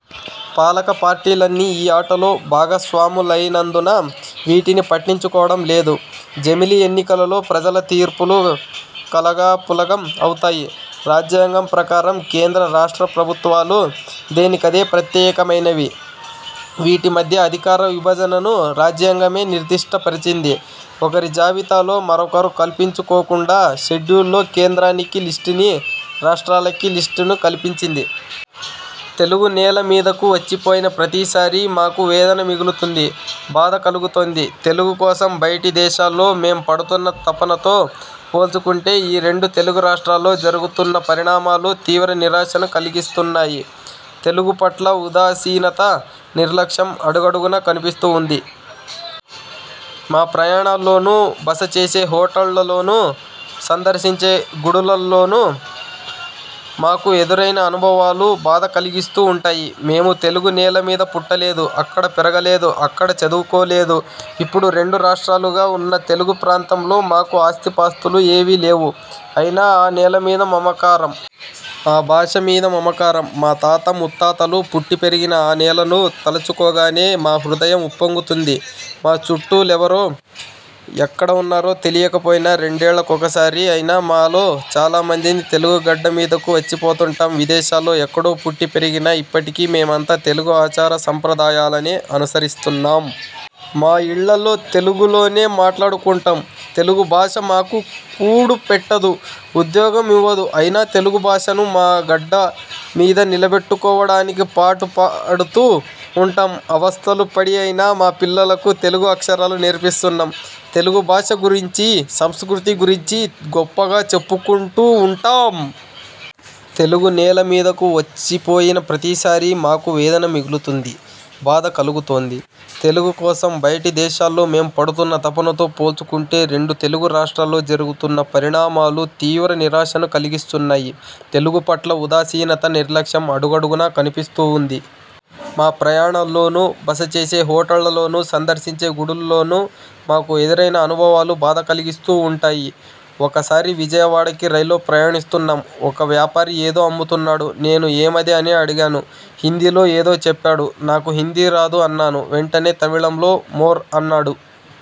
పాలక పార్టీలన్నీ ఈ ఆటలో భాగస్వాములైనందున వీటిని పట్టించుకోవడం లేదు. జమిలి ఎన్నికలలో ప్రజల తీర్పులు కలగాపులగం అవుతాయి. రాజ్యాంగం ప్రకారం కేంద్ర, రాష్ట్ర ప్రభుత్వాలు దేనికదే ప్రత్యేకమైనవి. వీటి మధ్య అధికార విభజనను రాజ్యాంగమే నిర్దిష్ట పరిచింది. ఒకరి జాబితాలో మరొకరు కల్పించుకోకుండా షెడ్యూల్లో కేంద్రానికి లిస్ట్ ని, రాష్ట్రాలకి లిస్ట్ ను కల్పించింది. తెలుగు నేల మీదకు వచ్చిపోయిన ప్రతిసారీ మాకు వేదన మిగులుతుంది. బాధ కలుగుతోంది. తెలుగు కోసం బయటి దేశాల్లో మేం పడుతున్న తపనతో పోల్చుకుంటే రెండు తెలుగు రాష్ట్రాల్లో జరుగుతున్న పరిణామాలు తీవ్ర నిరాశను కలిగిస్తున్నాయి. తెలుగు పట్ల ఉదాసీనత, నిర్లక్ష్యం అడుగడుగునా కనిపిస్తూ ఉంటుంది. మా ప్రయాణాల్లోనూ, బస చేసే హోటళ్లలోనూ, సందర్శించే గుడుల్లోనూ మాకు ఎదురైన అనుభవాలు బాధ కలిగిస్తూ ఉంటాయి. మేము తెలుగు నేల మీద పుట్టలేదు. అక్కడ పెరగలేదు. అక్కడ చదువుకోలేదు. ఇప్పుడు రెండు రాష్ట్రాలుగా ఉన్న తెలుగు ప్రాంతంలో మాకు ఆస్తిపాస్తులు ఏవీ లేవు. అయినా ఆ నేల మీద మమకారం. ఆ భాష మీద మమకారం. మా తాత ముత్తాతలు పుట్టి పెరిగిన ఆ నేలను తలచుకోగానే మా హృదయం ఉప్పొంగుతుంది. మా చుట్టాలెవరో ఎక్కడ ఉన్నారో తెలియకపోయినా రెండేళ్లకోసారి అయినా మాలో చాలా మందిమి తెలుగు గడ్డ మీదకు వచ్చిపోతుంటాం. విదేశాల్లో ఎక్కడో పుట్టి పెరిగినా ఇప్పటికీ మేమంతా తెలుగు ఆచార సంప్రదాయాలనే అనుసరిస్తున్నాం. మా ఇళ్లలో తెలుగులోనే మాట్లాడుకుంటాం. తెలుగు భాష మాకు కూడుపెట్టదు. ఉద్యోగం ఇవ్వదు. అయినా తెలుగుభాషను మా గడ్డ మీద నిలబెట్టుకోవడానికి పాటుపడుతూ ఉంటాం. అవస్థలు పడి అయినా మా పిల్లలకు తెలుగు అక్షరాలు నేర్పిస్తున్నాం. తెలుగు భాష గురించీ, సంస్కృతి గురించీ గొప్పగా చెప్పుకుంటూ ఉంటాం. తెలుగు నేల మీదకు వచ్చిపోయిన ప్రతిసారీ మాకు వేదన మిగులుతుంది. బాధ కలుగుతోంది. తెలుగు కోసం బయటి దేశాల్లో మేం పడుతున్న తపనతో పోల్చుకుంటే రెండు తెలుగు రాష్ట్రాల్లో జరుగుతున్న పరిణామాలు తీవ్ర నిరాశను కలిగిస్తున్నాయి. తెలుగు పట్ల ఉదాసీనత, నిర్లక్ష్యం అడుగడుగునా కనిపిస్తూ ఉంటుంది. మా ప్రయాణాల్లోనూ, బస చేసే హోటళ్లలోనూ, సందర్శించే గుడుల్లోనూ మాకు ఎదురైన అనుభవాలు బాధ కలిగిస్తూ ఉంటాయి. ఒకసారి విజయవాడకి రైల్లో ప్రయాణిస్తున్నాం. ఒక వ్యాపారి ఏదో అమ్ముతున్నాడు. నేను ఏమది అని అడిగాను. హిందీలో ఏదో చెప్పాడు. నాకు హిందీ రాదు అన్నాను. వెంటనే తమిళంలో 'మోర్' అన్నాడు.